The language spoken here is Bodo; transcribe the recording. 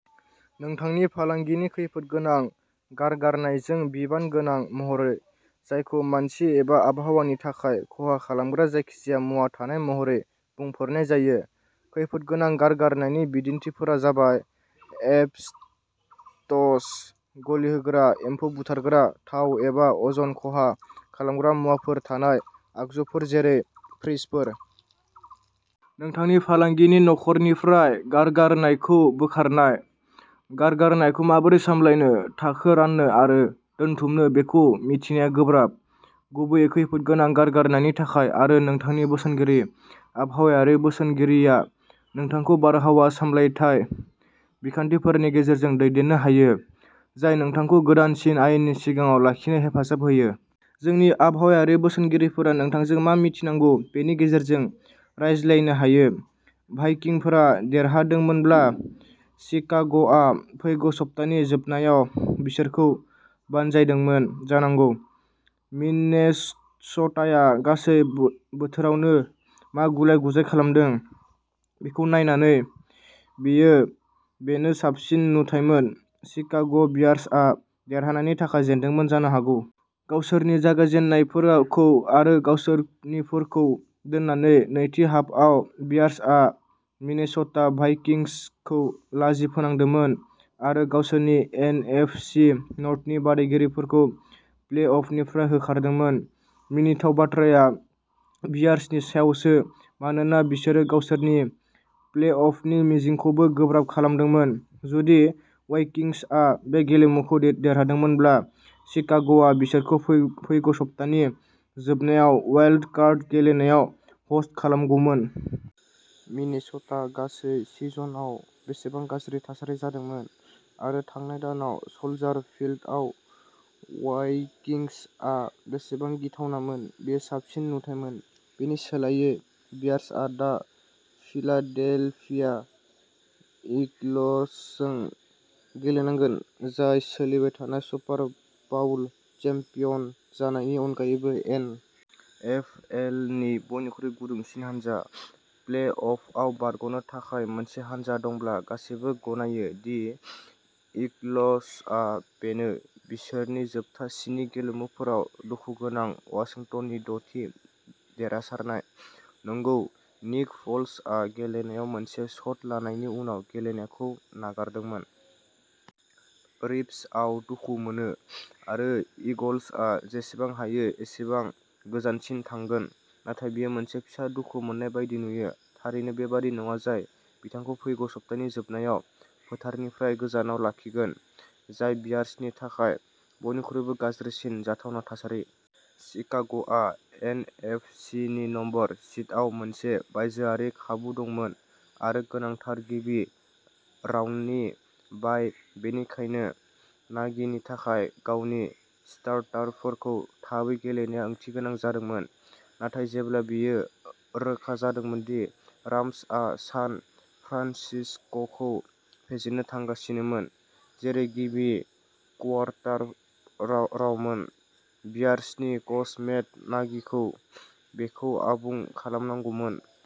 नोंथांनि फालांगिनि खैफोदगोनां गारगारनायजों बिबानगोनां महरै, जायखौ मानसि एबा आबहावानि थाखाय खहा खालामग्रा जायखिजाया मुवा थानाय महरै बुंफोरनाय जायो। खैफोदगोनां गारगारनायनि बिदिन्थिफोरा जाबाय एस्बेस्टस, गलिहोग्रा, एम्फौ बुथारग्रा, थाव, एबा अज'न-खहा खालामग्रा मुवाफोर थानाय आगजुफोर, जेरै फ्रिजफोर। नोंथांनि फालांगिनि न'खरनिफ्राय गारगारनायखौ बोखारनाय। गारगारनायखौ माबोरै सामलायनो, थाखो राननो आरो दोनथुमनो बेखौ मिथिनाया गोब्राब, गुबैयै खैफोदगोनां गारगारनायनि थाखाय, आरो नोंथांनि बोसोनगिरि आबहावायारि बोसोनगिरिया नोंथांखौ बारहावा सामलायथाय बिखान्थिफोरनि गेजेरजों दैदेननो हायो, जाय नोंथांखौ गोदानसिन आयेननि सिगाङाव लाखिनो हेफाजाब होयो। जोंनि आबहावायारि बोसोनगिरिफोरा नोंथांजों मा मिथिनांगौ बेनि गेजेरजों रायज्लायनो हायो। भाइकिंफोरा देरहादोंमोनब्ला, शिकाग'आ फैगौ सप्तानि जोबनायाव बिसोरखौ बानजायदोंमोन जानांगौ। मिनेस'टाया गासै बोथोरावनो मा गुलाय-गुजाय खालामदों, बेखौ नायनानै, बेनो साबसिन नुथायमोन। शिकाग'बियार्सआ देरहानायनि थाखाय जेनदोंमोन जानो हागौ। गावसोरनि जागायजेन्नायफोरखौ आरो गावसोरनिफोरखौ दोननानै। नैथि हाफआव, बियार्सआ मिनेस'टा भाइकिंसखौ लाजि फोनांदोंमोन आरो गावसोरनि एन. एफ. सि. नर्थनि बादायगिरिफोरखौ प्लेअफनिफ्राय होखारदोंमोन। मिनिथाव बाथ्राया बियार्सनि सायावसो, मानोना बिसोरो गावसोरनि प्लेअफनि मिजिंखौबो गोब्राब खालामदोंमोन। जुदि वाइकिंसआ बे गेलेमुखौ देरहादोंमोनब्ला, शिकाग'आ बिसोरखौ फैगौ सप्तानि जोबनायाव वाइल्ड-कार्ड गेलेनायाव ह'स्ट खालामगौमोन। मिनेस'टा गासै सिजनआव बेसेबां गाज्रि थासारि जादोंमोन, आरो थांनाय दानाव स'ल्जार फील्डआव वाइकिंसआ बेसेबां गिथावनामोन, बेयो साबसिन नुथायमोन। बेनि सोलायै, बियार्सआ दा फिलाडेल्फिया ईगल्सजों गेलेनांगोन, जाय, सोलिबाय थानाय सुपार बाउल चेम्पियन जानायनि अनगायैबो, एन. एफ. एल. नि बयनिख्रुइ गुदुंसिन हानजा। प्लेअफआव बारग'नो थाखाय मोनसे हानजा दंब्ला, गासैबो गनायो दि ईगल्सआ बेनो, बिसोरनि जोबथा स्नि गेलेमुफोराव दुखुगोनां वाशिंटननि द'थि देरहासारनाय। नंगौ, निक फ'ल्सआ गेलेनायाव मोनसे शट लानायनि उनाव गेलेनायखौ नागारदोंमोन। रिब्सआव दुखु मोनो, आरो ईगल्सआ जेसेबां हायो एसेबां गोजानसिम थांगोन। नाथाय बेयो मोनसे फिसा दुखु मोननाय बायदि नुयो, थारैनो बेबादि नङा जाय बिथांखौ फैगौ सप्तानि जोबनायाव फोथारनिफ्राय गोजानाव लाखिगोन। जाय बियार्सनि थाखाय बयनिख्रुइबो गाज्रिसिन जाथावना थासारि। शिकाग'आ एन. एफ. सि. नि नम्बर सीडआव मोनसे बायजोआरि खाबु दंमोन-आरो गोनांथार गिबि राउन्डनि बाइ-बेनिखायनो नागिनि थाखाय गावनि स्टार्टारफोरखौ थाबै गेलेनाया ओंथिगोनां जादोंमोन। नाथाय जेब्ला बेयो रोखा जादोंमोन दि राम्सआ सान फ्रान्सिस्क'खौ फेजेननो थांगासिनोमोन, जेरै गिबि क्वार्टारावमोन, बियार्सनि कच मेट नागिखौ बेखौ आबुं खालामनांगौमोन।